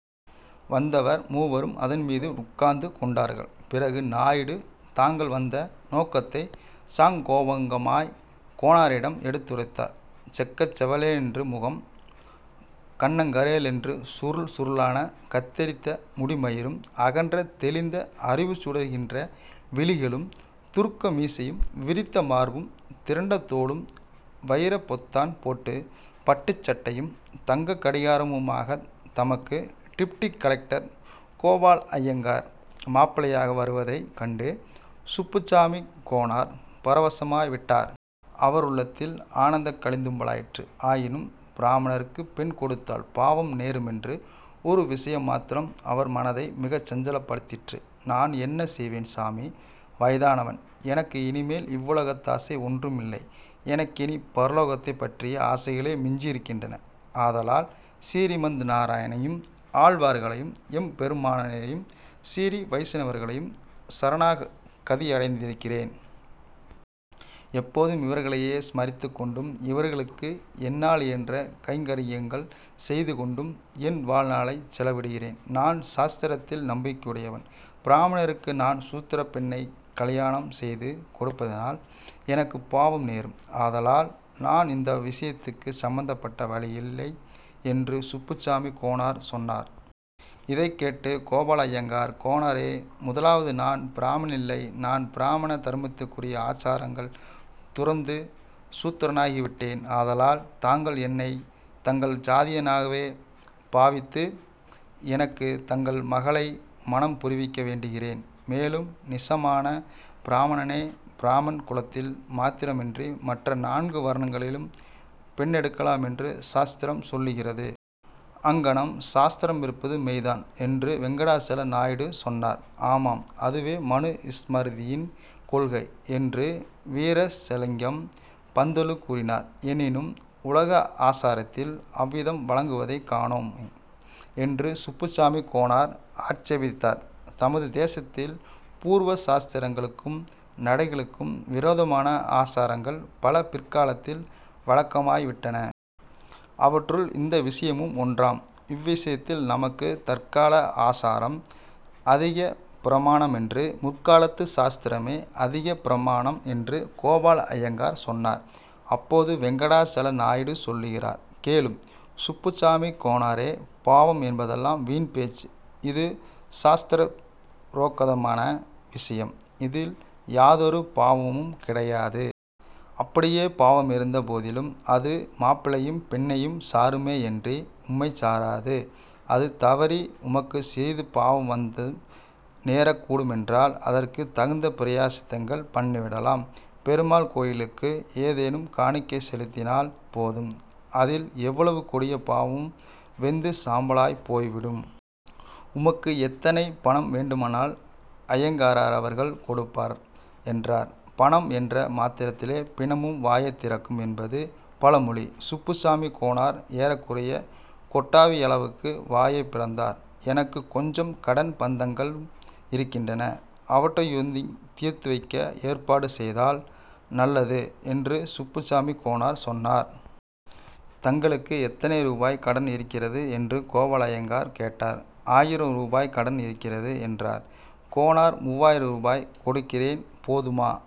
வந்தவர் மூவரும் அதன்மீது உட்கார்ந்து கொண்டார்கள். பிறகு, நாயுடு தாங்கள் வந்த நோக்கத்தை சாங்கோபாங்கமாகக் கோனாரிடம் எடுத்துரைத்தார். செக்கச்செவேலென்ற முகமும் கன்னங்கரேலென்ற சுருள் சுருளான கத்தரித்த முடிமயிரும், அகன்ற தெளிந்த அறிவுசுடர்கின்ற விழிகளும், துருக்கமீசையும், விரித்த மார்பும் திரண்ட தோளும், வயிரப் பொத்தான் போட்ட பட்டுச் சட்டையும், தங்க கடிகாரமுமாகத் தமக்கு டிப்டி கலெக்டர் கோபாலய்யங்கார் மாப்பிள்ளையாக வருவதைக் கண்டு சுப்புசாமிக் கோனார் பரவசமாய் விட்டார். அவருள்ளத்தில் ஆனந்தக்களி ததும்பலாயிற்று. ஆயினும் பிராமணருக்கு பெண் கொடுத்தால் பாவம் நேருமென்ற ஒரு விஷயம் மாத்திரம் அவர்மனதை மிகச் சஞ்சலப்படுத்திற்று. ''நான் என்ன செய்வேன். சாமி? வயதானவன். எனக்கு இனிமேல் இவ்வுலகத்தாசை ஒன்றுமேயில்லை. எனக்கினிப் பரலோக்ததைப் பற்றிய ஆசைகளே மிஞ்சியிருக்கின்றன. அதனால் சிறீமந் நாராயணனையும் ஆழ்வார்களையும் எம்பெருமானாரையும் சிறீ வைஷ்ணவர்களையும் சரணாகதியடைந்திருக்கிறேன். எப்போதும் இவர்களையே ஸ்மரித்துக் கொண்டும் இவர்களுக்கு என்னாலியன்ற கைங்கர்யங்கள் செய்து கொண்டும் என் வாழ்நாளைச் செலவிடுகிறேன். நான் சாஸ்திரங்களில் நம்பிக்கையுடையவன். பிராமணருக்கு நான் சூத்திரப் பெண்ணைக் கலியாணம் செய்து கொடுப்பதனால் எனக்குப் பாவம் நேரும். ஆதலால், நான் இந்த விஷயத்துக்கு சம்மதப்பட வழியில்லை'' என்று சுப்புசாமிக் கோனார் சொன்னார். இதைக் கேட்டு கோபாலய்யங்கார்-''கோனாரே, முதலாவது, நான் பிராமணனில்லை. நான் பிராமண தர்மத்துக்குரிய ஆசாரங்களைத் துறந்து சூத்திரனாகிவிட்டேன். ஆதலால் தாங்கள் என்னைத் தங்கள் ஜாதியானாகவே பாவித்து, எனக்குத் தங்கள் மகளை மணம் புரிவிக்க வேண்டுகிறேன். மேலும் நிஷமான பிராமணனே பிராமண குலத்தில் மாத்திரமின்றி மற்ற நான்கு வர்ணங்களிலும் பெண்ணெடுக்கலாமென்று சாஸ்திரம் சொல்லுகிறது. ''அங்ஙனம் சாஸ்திரமிருப்பது மெய்தான்'' என்று வேங்கடாசல நாயுடு சொன்னார். ''ஆமாம்; அதுவே மனு ஸ்ம்ருதியின் கொள்கை'' என்று வீரேசலிங்கம் பந்துலு கூறினார். ''எனினும், உலக ஆசாரத்தில் அவ்விதம் வழங்குவதைக் காணோம்? '' என்று சுப்புசாமிக் கோனார் ஆட்சேபித்தார். ''நமது தேசத்தில் பூர்வ சாஸ்திரங்களுக்கும் நடைகளுக்கும் விரோதமான ஆசாரங்கள் பல பிற்காலத்தில் வழக்கமாய்விட்டன. அவற்றுள் இந்த விஷயமும் ஒன்றாம். இவ்ஷியத்தில் நமக்குத் தற்கால ஆசாரம் அதிகப் பிரமாணமன்று. முற்காலத்து சாஸ்திரமே அதிகப் பிரமாணம்'' என்று கோபாலய்யங்கார் சொன்னார். அப்போது வேங்கடாசல நாயுடு சொல்லுகிறார்:- ''கேளும், சுப்புசாமிக் கோனாரே! பாவம் என்பதெல்லாம் வீண் பேச்சு. இது சாஸ்த்தரரோக்தமான விஷயம். இதில் யாதொரு பாவமும் கிடையாது. அப்படியே பாவமிருந்த போதிலும், அது மாப்பிள்ளையையும் பெண்ணையும் சாருமேயன்றி, உம்மைச் சாராது. அது தவறி, உமக்கும் சிறிது பாவம் வந்து நேரக்கூடுமென்றாலும், அதற்குத் தகுந்த பிராயச்சித்தங்கள் பண்ணிவிடலாம். பெருமாள் கோயிலுக்கு ஏதேனும் காணிக்கை செலுத்தினால் போதும். அதில் எவ்வளவு கொடிய பாவமும் வெந்து சாம்பலாய்ப் போய்விடும். உமக்கு எத்தனை பணம் வேண்டுமானாலும், அய்யங்காரவர்கள் கொடுப்பார்'' என்றார். பணம் என்ற மாத்திரத்திலே பிணமும் வாயைத் திறக்கும் என்பது பழமொழி. சுப்புசாமிக் கோனார் ஏறக்குறையக் கொட்டாவியளவுக்கு வாயைப் பிளந்தார். ''எனக்குக் கொஞ்சம் கடன் பந்தங்களும் இருக்கின்றன. அவற்றையுந் தீர்த்துவைக்க ஏற்பாடு செய்தால் நல்லது'' என்று சுப்புசாமிக் கோனார் சொன்னார். ''தங்களுக்கு எத்தனை ரூபாய்க்குக் கடன் இருக்கிறது? '' என்று கோபாலய்யங்கார் கேட்டார். ''ஆயிரம் ரூபாய் கடன் இருக்கிறது'' என்றார் கோனார். ''மூவாயிரம் ரூபாய் கொடுக்கிறேன்; போதுமா?